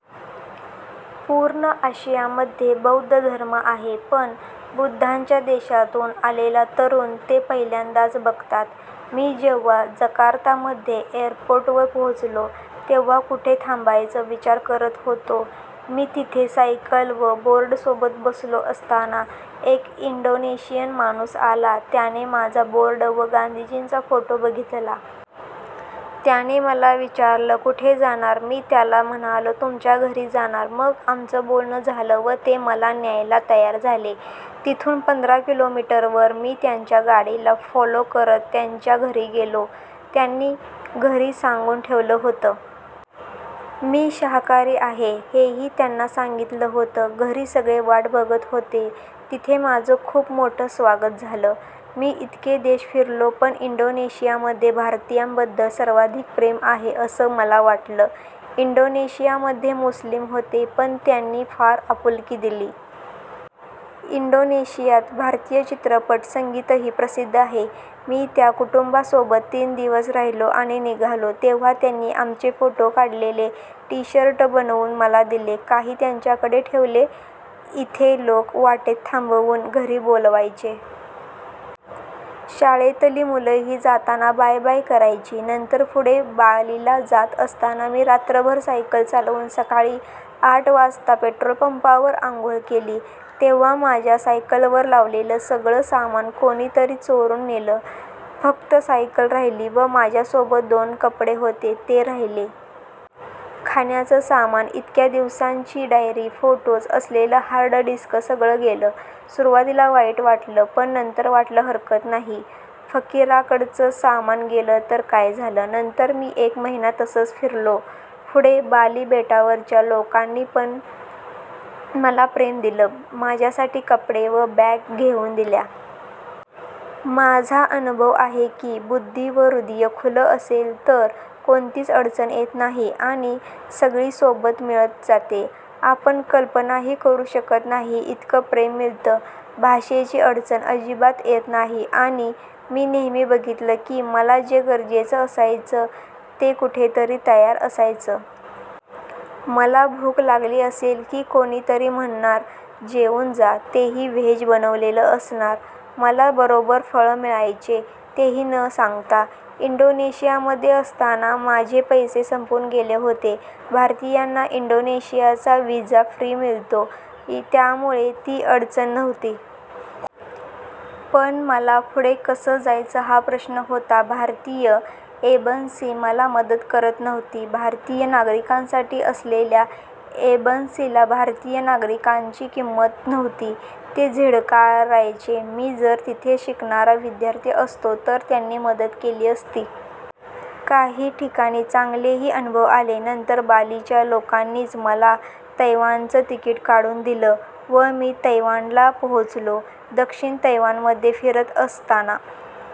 पूर्ण आशियामध्ये बौद्ध धर्म आहे, पण बुद्धांच्या देशातून आलेला तरुण ते पहिल्यांदाच बघतात. मी जेव्हा जकार्तामध्ये एअरपोर्टवर पोहोचलो, तेव्हा कुठे थांबायचं विचार करत होतो. मी तिथे सायकल व बोर्डसोबत बसलो असताना एक इंडोनेशियन माणूस आला, त्याने माझा बोर्ड व गांधीजींचा फोटो बघितला. त्याने मला विचारलं कुठे जाणार? मी त्याला म्हणालो तुमच्या घरी जाणार. मग आमचं बोलणं झालं व ते मला न्यायला तयार झाले. तिथून पंधरा किलोमीटरवर मी त्यांच्या गाडीला फॉलो करत त्यांच्या घरी गेलो. त्यांनी घरी सांगून ठेवलं होतं. मी शाकाहारी आहे, हेही त्यांना सांगितलं होतं. घरी सगळे वाट बघत होते. तिथे माझं खूप मोठं स्वागत झालं. मी इतके देश फिरलो पण इंडोनेशियामध्ये भारतीयांबद्दल सर्वाधिक प्रेम आहे असं मला वाटलं. इंडोनेशियामध्ये मुस्लीम होते पण त्यांनी फार आपुलकी दिली. इंडोनेशियात भारतीय चित्रपट, संगीतही प्रसिद्ध आहे. मी त्या कुटुंबासोबत तीन दिवस राहिलो आणि निघालो तेव्हा त्यांनी आमचे फोटो काढलेले टी शर्ट बनवून मला दिले. काही त्यांच्याकडेही ठेवले. इथे लोक वाटेत थांबवून घरी बोलवायचे. शाळेतली मुलंही जाताना बाय बाय करायची. नंतर पुढे बालीला जात असताना मी रात्रभर सायकल चालवून सकाळी आठ वाजता पेट्रोलपंपावर आंघोळ केली. तेव्हा माझ्या सायकलवर लावलेलं सगळं सामान कोणी तरी चोरून नेलं. फक्त सायकल राहिली व माझ्यासोबत दोन कपडे होते ते राहिले. खाण्याचं सामान, इतक्या दिवसांची डायरी, फोटोज असलेली हार्ड डिस्क सगळं गेलं. सुरुवातीला वाईट वाटलं, पण नंतर वाटलं हरकत नाही. फकिराकडचं सामान गेलं तर काय झालं. नंतर मी एक महिना तसंच फिरलो. पुढे बाली बेटावरच्या लोकांनीपण मला प्रेम दिलं, माझ्यासाठी कपडे व बॅग घेऊन दिल्या. माझा अनुभव आहे की, बुद्धी व हृदय खुलं असेल तर कोणतीच अडचण येत नाही आणि सगळी सोबत मिळत जाते. आपण कल्पनाही करू शकत नाही इतकं प्रेम मिळतं. भाषेची अडचण अजिबात येत नाही. आणि मी नेहमी बघितलं की, मला जे गरजेचं असायचं ते कुठे तरी तयार असायचं. मला भूक लागली असेल की कोणी तरी म्हणणार जेवून जा. तेही व्हेज बनवलेलं असणार. मला बरोबर फळं मिळायचे. तेही न सांगता. इंडोनेशियामध्ये असताना माझे पैसे संपून गेले होते. भारतीयांना इंडोनेशियाचा व्हिसा फ्री मिळतो, त्यामुळे ती अडचण नव्हती. पण मला पुढे कसं जायचं हा प्रश्न होता. भारतीय एंबसी मला मदत करत नव्हती. भारतीय नागरिकांसाठी असलेल्या एंबसीला भारतीय नागरिकाची किंमत नव्हती. ते झिडकारायचे. मी जर तिथे शिकणारा विद्यार्थी असतो तर त्यांनी मदत केली असती. काही ठिकाणी चांगलेही अनुभव आले. नंतर बालीच्या लोकांनीच मला तैवानचं तिकीट काढून दिलं व मी तैवानला पोहोचलो. दक्षिण तैवानमध्ये फिरत असताना